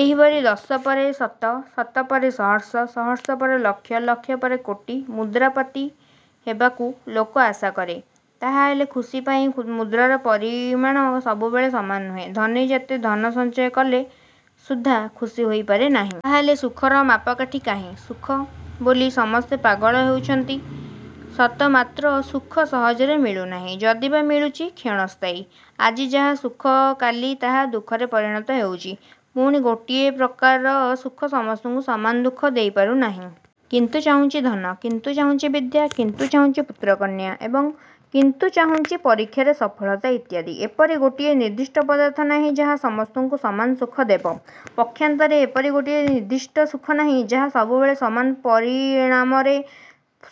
ଏହିପରି ଦଶ ପରେ ଶତ, ଶତ ପରେ ସହସ୍ର, ସହସ୍ର ପରେ ଲକ୍ଷ, ଲକ୍ଷ ପରେ କୋଟି ମୁଦ୍ରାପତି ହେବାକୁ ଲୋକ ଆଶା କରେ। ତାହାହେଲେ ଖୁସି ପାଇଁ ମୁଦ୍ରାର ପରିମାଣ ସବୁବେଳେ ସମାନ ନୁହେଁ। ଧନୀ ଯେତେ ଧନ ସଞ୍ଚୟ କଲେ ସୁଦ୍ଧା ଖୁସି ହୋଇପାରେ ନାହିଁ। ତାହାହେଲେ। ସୁଖର ମାପକାଠି କାହିଁ? ସୁଖ। ବୋଲି ସମସ୍ତେ ପାଗଳ ହେଉଛନ୍ତି ସତ ମାତ୍ର ସୁଖ ସହଜରେ ମିଳୁନାହିଁ। ଯଦିବା ମିଳୁଛି, କ୍ଷଣସ୍ଥାୟୀ। ଆଜି ଯାହା ସୁଖ କାଲି ତାହା ଦୁଃଖରେ ପରିଣତ ହେଉଛି। ପୁଣି ଗୋଟିଏ ପ୍ରକାର ସୁଖ ସମସ୍ତଙ୍କୁ ସମାନ ସୁଖ ଦେଇପାରୁ ନାହିଁ-। କିଏ ଚାହୁଁଛି ଧନ, କିଏ ଚାହୁଁଛି ବିଦ୍ୟା, କିଏ ଚାହୁଁଛି ପୁତ୍ରକନ୍ୟା ଏବଂ କିଏ ଚାହୁଁଛି ପରୀକ୍ଷାରେ ସଫଳତା ଇତ୍ୟାଦି। ଏପରି ଗୋଟିଏ ନିର୍ଦ୍ଦିଷ୍ଟ ପଦାର୍ଥ ନାହିଁ, ଯାହା ସମସ୍ତଙ୍କୁ ସମାନ ସୁଖ ଦେବ। ପକ୍ଷାନ୍ତରେ ଏପରି ଗୋଟିଏ ନିର୍ଦ୍ଦିଷ୍ଟ ସୁଖ ନାହିଁ ଯାହା ସବୁଦିନେ ସମାନ ପରିଣାମରେ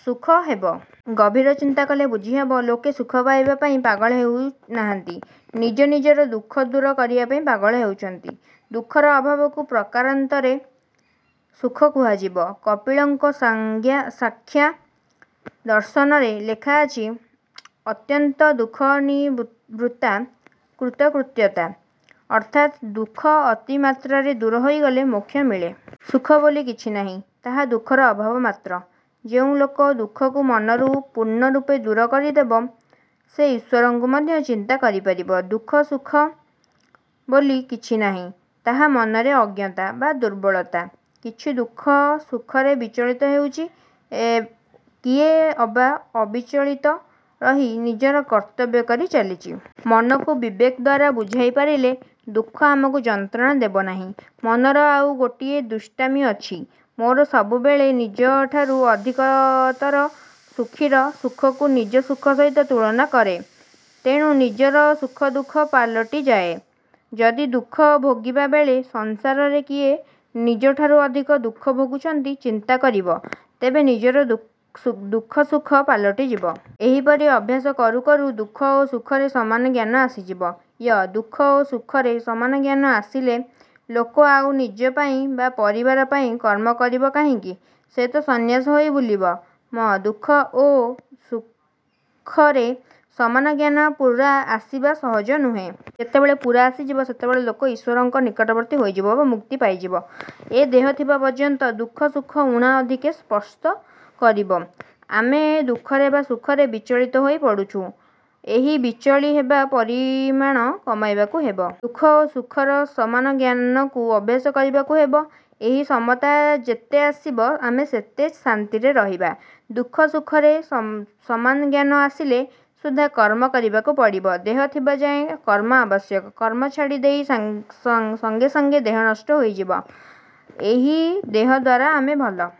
ସୁଖ ହେବ-। ଗଭୀର ଚିନ୍ତା କଲେ ବୁଝିହେବ, ଲୋକେ ସୁଖ ପାଇବା ପାଇଁ ପାଗଳ ହେଉ ନାହାନ୍ତି; ନିଜ ନିଜର ଦୁଃଖ ଦୂର କରିବା ପାଇଁ ପାଗଳ ହେଉଛନ୍ତି। ଦୁଃଖର ଅଭାବକୁ ପ୍ରକାରାନ୍ତରେ ସୁଖ କୁହାଯିବ। କପିଳଙ୍କ ସାଂଖ୍ୟ ଦର୍ଶନରେ ଲେଖାଅଛି, ଅତ୍ୟନ୍ତ ଦୁଃଖନିବୃତ୍ତ୍ୟା କୃତକୃତ୍ୟତା। ଅର୍ଥାତ୍ ଦୁଃଖ ଅତିମାତ୍ରାରେ ଦୂର ହୋଇଗଲେ ମୋକ୍ଷ ମିଳେ। "ସୁଖ ବୋଲି କିଛି ନାହିଁ, ତାହା ଦୁଃଖର ଅଭାବ ମାତ୍ର। " ଯେଉଁ ଲୋକ ଦୁଃଖକୁ ମନରୁ ପୂର୍ଣ୍ଣରୂପେ ଦୂର କରିଦେବ, ସେ ଈଶ୍ଵରଙ୍କୁ ମଧ୍ୟ ଚିନ୍ତା କରିପାରିବ। ଦୁଃଖ ସୁଖ ବୋଲି କିଛି ନାହିଁ, ତାହା ମନରେ ଅଜ୍ଞତା ବା ଦୁର୍ବଳତା। କିଏ ଦୁଃଖ ସୁଖରେ ବିଚଳିତ ହେଉଛି, କିଏ ଅବା ଅବିଚଳିତ ରହି ନିଜର କର୍ତ୍ତବ୍ୟ କରି ଚାଲିଛି। ମନକୁ ବିବେକ ଦ୍ଵାରା ବୁଝାଇ ପାରିଲେ ଦୁଃଖ ଆମକୁ ଯନ୍ତ୍ରଣା ଦେବ ନାହିଁ। ମନର ଆଉ ଗୋଟିଏ ଦୁଷ୍ଟାମି ଅଛି। ମୋର ସବୁବେଳେ ନିଜଠାରୁ ଅଧିକତର ସୁଖୀର ସୁଖକୁ ନିଜ ସୁଖ ସହିତ ତୁଳନା କରେ। ତେଣୁ ନିଜର ସୁଖ ଦୁଃଖ ପାଲଟିଯାଏ। ଯଦି ଦୁଃଖ ଭୋଗିବାବେଳେ ସଂସାରରେ କିଏ ନିଜଠାରୁ ଅଧିକ ଦୁଃଖ ଭୋଗୁଛନ୍ତି, ଚିନ୍ତା କରିବ; ତେବେ ନିଜର ଦୁଃଖ ସୁଖ ପାଲଟିଯିବ। ଏହିପରି ଅଭ୍ୟାସ କରୁ କରୁ ଦୁଃଖ ଓ ସୁଖରେ ସମାନ ଜ୍ଞାନ ଆସିଯିବ। ୟ-ଦୁଃଖ ଓ ସୁଖରେ ସମାନ ଜ୍ଞାନ ଆସିଲେ ଲୋକ ଆଉ ନିଜ ପାଇଁ ବା ପରିବାର ପାଇଁ କର୍ମ କରିବ କାହିଁକି? ସେ ତ ସନ୍ନ୍ୟାସୀ ହୋଇ ବୁଲିବ। ମ-ଦୁଃଖ ଓ ସୁଖରେ ସମାନ ଜ୍ଞାନ ପୂରା ଆସିବା ସହଜ ନୁହେଁ। ଯେତେବେଳେ ପୂରା ଆସିଯିବ, ସେତେବେଳେ ଲୋକ ଈଶ୍ଵରଙ୍କ ନିକଟବର୍ତ୍ତୀ ହୋଇଯିବ ବା ମୁକ୍ତି ପାଇଯିବ। ଏ ଦେହ ଥିବା ପର୍ଯ୍ୟନ୍ତ ଦୁଃଖ ସୁଖ ଊଣାଅଧିକେ ସ୍ପର୍ଶ କରିବ। ଆମେ ଦୁଃଖରେ ବା ସୁଖରେ ବିଚଳିତ ହୋଇ ପଡ଼ୁଛୁଁ। ଏହି ବିଚଳି ହେବାର ପରିମାଣ କମାଇବାକୁ ହେବ। ଦୁଃଖ ଓ ସୁଖର ସମାନ ଜ୍ଞାନକୁ ଅଭ୍ୟାସ କରିବାକୁ ହେବ। ଏହି ସମତା ଯେତେ ଆସିବ ଆମେ ସେତେ ଶାନ୍ତିରେ ରହିବା। ଦୁଃଖ ସୁଖରେ ସମାନ ଜ୍ଞାନ ଆସିଲେ ସୁଦ୍ଧା କର୍ମ କରିବାକୁ ପଡ଼ିବ। ଦେହ ଥିବା ଯାଏ କର୍ମ ଆବଶ୍ୟକ। କର୍ମ ଛାଡ଼ି ଦେଇ ସଙ୍ଗେ ସଙ୍ଗେ ଦେହ ନଷ୍ଟ ହୋଇଯିବ। ଏହି ଦେହଦ୍ୱାରା ଆମେ ଭଲ